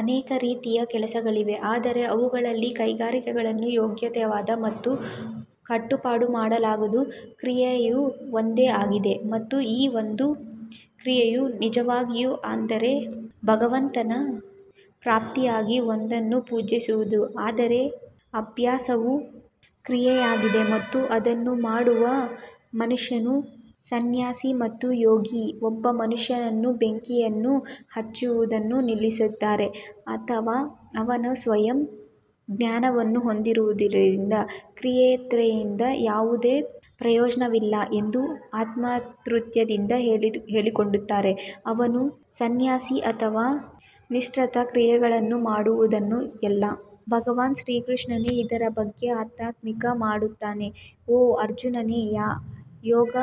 ಅನೇಕ ರೀತಿಯ ಕೆಲಸಗಳಿವೆ ಆದರೆ ಅವುಗಳಲ್ಲಿ ಕೈಗೊಳ್ಳಲು ಯೋಗ್ಯವಾದ ಮತ್ತು ಕಟ್ಟುಪಾಡು ಮಾಡಲಾದ ಕ್ರಿಯೆಯು ಒಂದೇ ಆಗಿದೆ. ಮತ್ತು ಈ ಒಂದು ಕ್ರಿಯೆಯು ಯಜ್ಞವಾಗಿದೆ ಅಂದರೆ ಭಗವಂತನ ಪ್ರಾಪ್ತಿಗಾಗಿ ಒಂದನ್ನು ಪೂಜಿಸುವುದು ಅದರ ಅಭ್ಯಾಸವು ಕ್ರಿಯೆಯಾಗಿದೆ ಮತ್ತು ಅದನ್ನು ಮಾಡುವ ಮನುಷ್ಯನು ಸನ್ಯಾಸಿ ಮತ್ತು ಯೋಗಿ ಒಬ್ಬ ಮನುಷ್ಯನು ಬೆಂಕಿಯನ್ನು ಹಚ್ಚುವುದನ್ನು ನಿಲ್ಲಿಸಿದರೆ ಅಥವಾ ಅವನು ಸ್ವಯಂ ಜ್ಞಾನವನ್ನು ಹೊಂದಿರುವುದರಿಂದ ಕ್ರಿಯೆಯಿಂದ ಯಾವುದೇ ಪ್ರಯೋಜನವಿಲ್ಲ ಎಂದು ಆತ್ಮತೃಪ್ತಿಯಿಂದ ಹೇಳಿಕೊಂಡರೆ ಅವನು ಸನ್ಯಾಸಿ ಅಥವಾ ನಿಸ್ವಾರ್ಥ ಕ್ರಿಯೆಯನ್ನು ಮಾಡುವವನೂ ಅಲ್ಲ. ಭಗವಾನ್ ಶ್ರೀಕೃಷ್ಣನು ಇದರ ಬಗ್ಗೆ ಮತ್ತಷ್ಟು ಮಾತನಾಡುತ್ತಾನೆ ಓ ಅರ್ಜುನನೇ, ಯೋಗ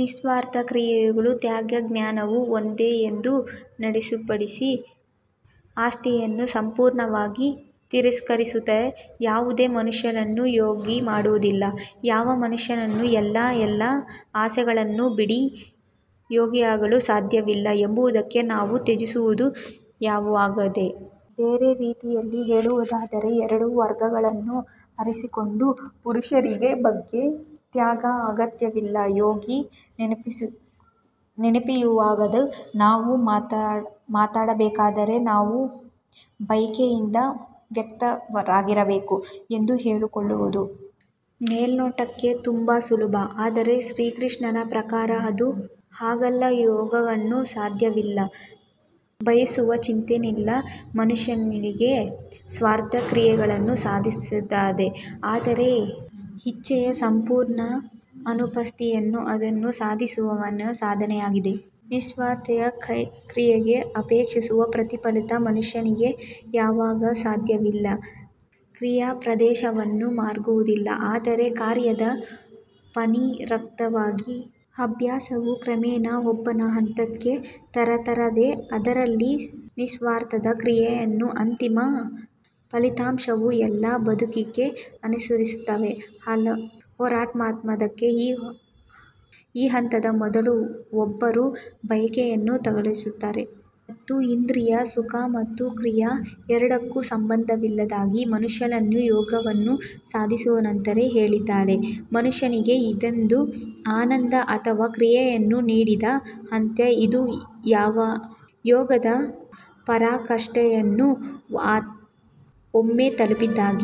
ನಿಸ್ವಾರ್ಥ ಕ್ರಿಯೆಯು ತ್ಯಾಗ ಜ್ಞಾನವು ಒಂದೇ ಎಂದು ನೆನಪಿಡಿ, ಆಸೆಯನ್ನು ಸಂಪೂರ್ಣವಾಗಿ ತಿರಸ್ಕರಿಸದೆ ಯಾವುದೇ ಮನುಷ್ಯನು ಯೋಗಿಯಾಗುವುದಿಲ್ಲ. ಯಾವ ಮನುಷ್ಯನು ತನ್ನ ಎಲ್ಲಾ ಆಸೆಗಳನ್ನು ಬಿಡದೆ ಯೋಗಿಯಾಗಲು ಸಾಧ್ಯವಿಲ್ಲ ಎಂಬುದಕ್ಕೆ ನಾವು ತ್ಯಜಿಸುವುದು ಯೋಗವಾಗಿದೆ. ಬೇರೆ ರೀತಿಯಲ್ಲಿ ಹೇಳುವುದಾದರೆ, ಎರಡೂ ಮಾರ್ಗಗಳನ್ನು ಆರಿಸಿಕೊಂಡ ಪುರುಷರಿಗೆ ಬಯಕೆಯ ತ್ಯಾಗ ಅತ್ಯಗತ್ಯ ಯೋಗಿ ಸನ್ಯಾಸಿಯಾಗಲು ನಾವು ಮಾಡಬೇಕಾದುದೆಂದರೆ ನಾವು ಬಯಕೆಯಿಂದ ಮುಕ್ತರಾಗಿದ್ದೇವೆ ಎಂದು ಹೇಳಿಕೊಳ್ಳುವುದು ಮೇಲ್ನೋಟಕ್ಕೆ ತುಂಬಾ ಸುಲಭ. ಆದರೆ ಶ್ರೀಕೃಷ್ಣನ ಪ್ರಕಾರ ಅದು ಹಾಗಲ್ಲ ಯೋಗವನ್ನು ಸಾಧಿಸಲು ಬಯಸುವ ಚಿಂತನಶೀಲ ಮನುಷ್ಯನಿಗೆ ನಿಸ್ವಾರ್ಥ ಕ್ರಿಯೆಯು ಸಾಧನವಾಗಿದೆ, ಆದರೆ ಇಚ್ಛೆಯ ಸಂಪೂರ್ಣ ಅನುಪಸ್ಥಿತಿಯು ಅದನ್ನು ಸಾಧಿಸಿದವನಿಗೆ ಸಾಧನವಾಗಿದೆ. ನಿಸ್ವಾರ್ಥ ಕ್ರಿಯೆಗೆ ಅಪೇಕ್ಷಿಸುವ ಪ್ರತಿಫಲಿತ ಮನುಷ್ಯನಿಗೆ ಯೋಗವನ್ನು ಸಾಧಿಸಲು ಕ್ರಿಯೆಯ ಪ್ರದರ್ಶನವು ಮಾರ್ಗವಾಗಿದೆ ಆದರೆ ಕಾರ್ಯದ ಪುನರಾವರ್ತಿತ ಅಭ್ಯಾಸವು ಕ್ರಮೇಣ ಒಬ್ಬನನ್ನು ಹಂತಕ್ಕೆ ತರುತ್ತದೆ, ಅದರಲ್ಲಿ ನಿಸ್ವಾರ್ಥ ಕ್ರಿಯೆಯ ಅಂತಿಮ ಫಲಿತಾಂಶವು ಎಲ್ಲಾ ಬಯಕೆಯ ಅನುಪಸ್ಥಿತಿಯಲ್ಲಿ ಹೊರಹೊಮ್ಮುತ್ತದೆ ಈ ಹಂತದ ಮೊದಲು ಒಬ್ಬರು ಬಯಕೆಯನ್ನು ತೊಡೆದುಹಾಕುವುದಿಲ್ಲ ಮತ್ತು ಇಂದ್ರಿಯ ಸುಖ ಮತ್ತು ಕ್ರಿಯೆ ಎರಡಕ್ಕೂ ಸಂಬಂಧವಿಲ್ಲದಿದ್ದಾಗ ಮನುಷ್ಯನು ಯೋಗವನ್ನು ಸಾಧಿಸಿದನೆಂದು ಹೇಳಲಾಗುತ್ತದೆ ಮನುಷ್ಯನಿಗೆ ಇಂದ್ರಿಯ ಆನಂದ ಅಥವಾ ಕ್ರಿಯೆಯನ್ನು ನೀಡದ ಹಂತ ಇದು ಯೋಗದ ಪರಾಕಾಷ್ಠೆಯನ್ನು ಒಮ್ಮೆ ತಲುಪಿದಾಗ,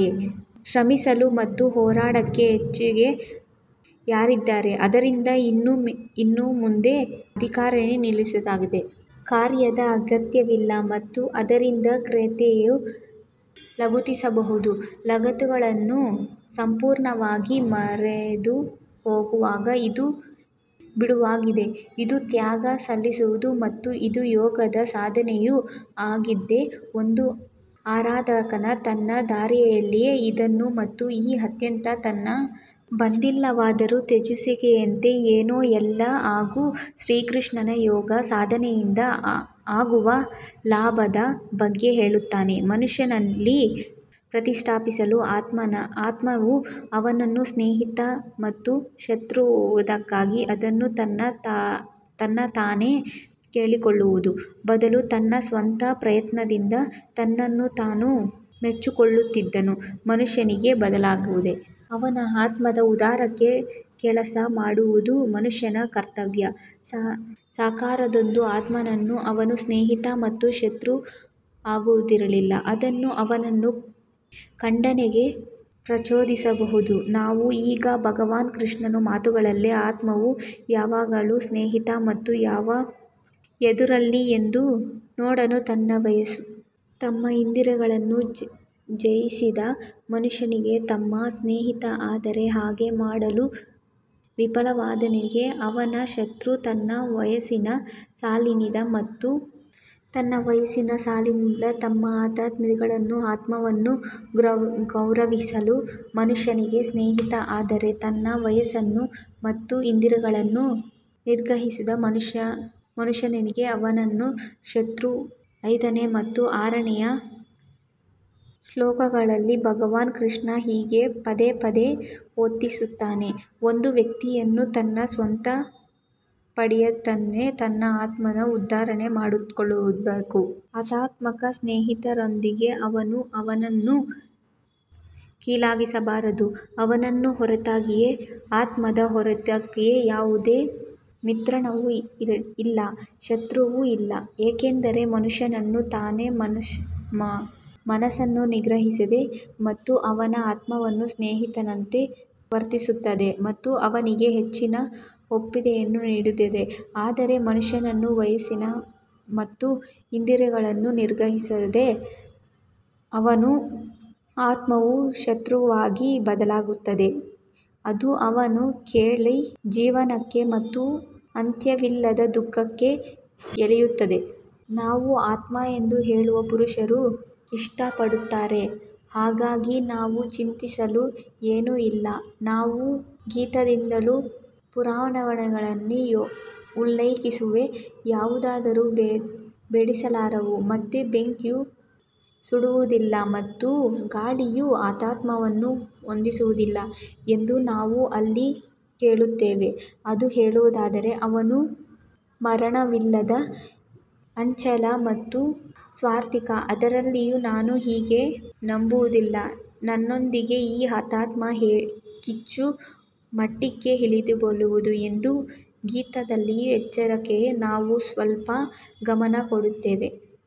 ಶ್ರಮಿಸಲು ಮತ್ತು ಹುಡುಕಲು ಆಚೆಗೆ ಯಾರಿದ್ದಾರೆ ಆದ್ದರಿಂದ ಇನ್ನು ಮುಂದೆ ಆರಾಧನೆಯ ನಿಗದಿತ ಕಾರ್ಯದ ಅಗತ್ಯವಿಲ್ಲ ಮತ್ತು ಆದ್ದರಿಂದ ಕ್ರಿಯೆಗೆ ಲಗತ್ತಿಸಬೇಕಾಗಿದೆ ಲಗತ್ತುಗಳು ಸಂಪೂರ್ಣವಾಗಿ ಮುರಿದುಹೋದಾಗ ಇದು ಬಿಂದುವಾಗಿದೆ ಇದು ತ್ಯಾಗ ಸನ್ಯಾಸ ಮತ್ತು ಇದು ಯೋಗದ ಸಾಧನೆಯೂ ಆಗಿದೆ ಒಬ್ಬ ಆರಾಧಕನು ತನ್ನ ದಾರಿಯಲ್ಲಿಯೇ ಇದ್ದಾನೆ ಮತ್ತು ಈ ಹಂತಕ್ಕೆ ಇನ್ನೂ ಬಂದಿಲ್ಲವಾದರೂ, ತ್ಯಜಿಸುವಿಕೆಯಂತೆ ಏನೂ ಇಲ್ಲ ಆಗ ಶ್ರೀಕೃಷ್ಣನು ಯೋಗ ಸಾಧನೆಯಿಂದ ಆಗುವ ಲಾಭದ ಬಗ್ಗೆ ಹೇಳುತ್ತಾನೆ ಮನುಷ್ಯನಲ್ಲಿ ಪ್ರತಿಷ್ಠಾಪಿಸಲ್ಪಟ್ಟ ಆತ್ಮವು ಅವನ ಸ್ನೇಹಿತ ಮತ್ತು ಶತ್ರುವಾಗಿರುವುದರಿಂದ ಅದು ತನ್ನನ್ನು ತಾನು ಕೀಳಿಸಿಕೊಳ್ಳುವ ಬದಲು ತನ್ನ ಸ್ವಂತ ಪ್ರಯತ್ನದಿಂದ ತನ್ನನ್ನು ತಾನು ಮೇಲಕ್ಕೆತ್ತಿಕೊಳ್ಳುವುದು ಮನುಷ್ಯನಿಗೆ ಬದ್ಧವಾಗಿದೆ. ಅವನ ಆತ್ಮದ ಉದ್ಧಾರಕ್ಕಾಗಿ ಕೆಲಸ ಮಾಡುವುದು ಮನುಷ್ಯನ ಕರ್ತವ್ಯ ಸಾಕಾರಗೊಂಡ ಆತ್ಮವು ಅವನ ಸ್ನೇಹಿತ ಮತ್ತು ಶತ್ರು ಆಗಿರುವುದರಿಂದ ಅವನು ಅವನನ್ನು ಖಂಡನೆಗೆ ಪ್ರಚೋದಿಸಬಾರದು ನಾವು ಈಗ ಭಗವಾನ್ ಕೃಷ್ಣನ ಮಾತುಗಳಲ್ಲಿ ಆತ್ಮವು ಯಾವಾಗ ಸ್ನೇಹಿತ ಮತ್ತು ಯಾವಾಗ ಎದುರಾಳಿ ಎಂದು ನೋಡೋಣ ತನ್ನ ಮನಸ್ಸು ಮತ್ತು ಇಂದ್ರಿಯಗಳನ್ನು ಜಯಿಸಿದ ಮನುಷ್ಯನಿಗೆ ಆತ್ಮವು ಸ್ನೇಹಿತ ಆದರೆ ಹಾಗೆ ಮಾಡಲು ವಿಫಲವಾದವನಿಗೆ ಅವನು ಶತ್ರು ತನ್ನ ಮನಸ್ಸನ್ನು ಸೋಲಿಸಿದ ಮತ್ತು ಆತ್ಮದೊಳಗಿನ ಆತ್ಮವನ್ನು ಗ್ರಹಿಸುವ ಮನುಷ್ಯನಿಗೆ ಸ್ನೇಹಿತ ಆದರೆ ತನ್ನ ಮನಸ್ಸು ಮತ್ತು ಇಂದ್ರಿಯಗಳನ್ನು ನಿಗ್ರಹಿಸದ ಮನುಷ್ಯನಿಗೆ ಅವನು ಶತ್ರು ಐದನೇ ಮತ್ತು ಆರನೇ ಶ್ಲೋಕಗಳಲ್ಲಿ ಭಗವಾನ್ ಕೃಷ್ಣನು ಹೀಗೆ ಪದೇ ಪದೇ ಒತ್ತಾಯಿಸುತ್ತಾನೆ, ಒಬ್ಬ ವ್ಯಕ್ತಿಯು ತನ್ನ ಸ್ವಂತ ಪ್ರಯತ್ನದಿಂದ ತನ್ನ ಆತ್ಮವನ್ನು ಉದ್ಧಾರ ಮಾಡಿಕೊಳ್ಳಬೇಕು. ಆತ್ಮವು ಸ್ನೇಹಿತನಾಗಿರುವುದರಿಂದ ಅವನು ಅವನನ್ನು ಕೀಳಾಗಿಸಬಾರದು ಅವನ ಹೊರತಾಗಿ ಆತ್ಮದ ಹೊರತಾಗಿ ಯಾವುದೇ ಮಿತ್ರನೂ ಇಲ್ಲ, ಶತ್ರುವೂ ಇಲ್ಲ ಏಕೆಂದರೆ ಮನುಷ್ಯನು ತನ್ನ ಮನಸ್ಸನ್ನು ನಿಗ್ರಹಿಸಿದರೆ ಮತ್ತು ಅವನ ಆತ್ಮವು ಸ್ನೇಹಿತನಂತೆ ವರ್ತಿಸುತ್ತದೆ ಮತ್ತು ಅವನಿಗೆ ಹೆಚ್ಚಿನ ಒಳ್ಳೆಯದನ್ನು ನೀಡುತ್ತದೆ ಆದರೆ ಮನುಷ್ಯನ ಮನಸ್ಸು ಮತ್ತು ಇಂದ್ರಿಯಗಳನ್ನು ನಿಗ್ರಹಿಸದಿದ್ದರೆ, ಅವನ ಆತ್ಮವು ಶತ್ರುವಾಗಿ ಬದಲಾಗುತ್ತದೆ, ಅದು ಅವನನ್ನು ಕೆಳ ಜೀವನಕ್ಕೆ ಮತ್ತು ಅಂತ್ಯವಿಲ್ಲದ ದುಃಖಕ್ಕೆ ಎಳೆಯುತ್ತದೆ. ನಾನು ಆತ್ಮ ಎಂದು ಹೇಳಲು ಪುರುಷರು ಇಷ್ಟಪಡುತ್ತಾರೆ ಹಾಗಾಗಿ ನಾವು ಚಿಂತಿಸಲು ಏನೂ ಇಲ್ಲ ನಾವು ಗೀತಾದಿಂದಲೇ ಪುರಾವೆಗಳನ್ನು ಉಲ್ಲೇಖಿಸುತ್ತೇವೆ ಆಯುಧಗಳು ಭೇದಿಸಲಾರವು ಮತ್ತು ಬೆಂಕಿಯು ಸುಡುವುದಿಲ್ಲ ಮತ್ತು ಗಾಳಿಯು ಆತ್ಮವನ್ನು ಒಣಗಿಸುವುದಿಲ್ಲ ಎಂದು ನಾವು ಅಲ್ಲಿ ಕೇಳುತ್ತೇವೆ ಎಂದು ಹೇಳಲಾಗಿದೆ ಅವನು ಮರಣವಿಲ್ಲದ ಅಚಲ ಮತ್ತು ಸಾರ್ವತ್ರಿಕ ಆದ್ದರಿಂದ ನಾನು ಹಾಗೆ ನಂಬುವುದರಿಂದ ನಮ್ಮೊಳಗಿನ ಈ ಆತ್ಮವು ಕೀಳು ಮಟ್ಟಕ್ಕೆ ಇಳಿಯಬಹುದು ಎಂಬ ಗೀತಾದಲ್ಲಿನ ಎಚ್ಚರಿಕೆಗೆ ನಾವು ಸ್ವಲ್ಪ ಗಮನ ಕೊಡುತ್ತೇವೆ.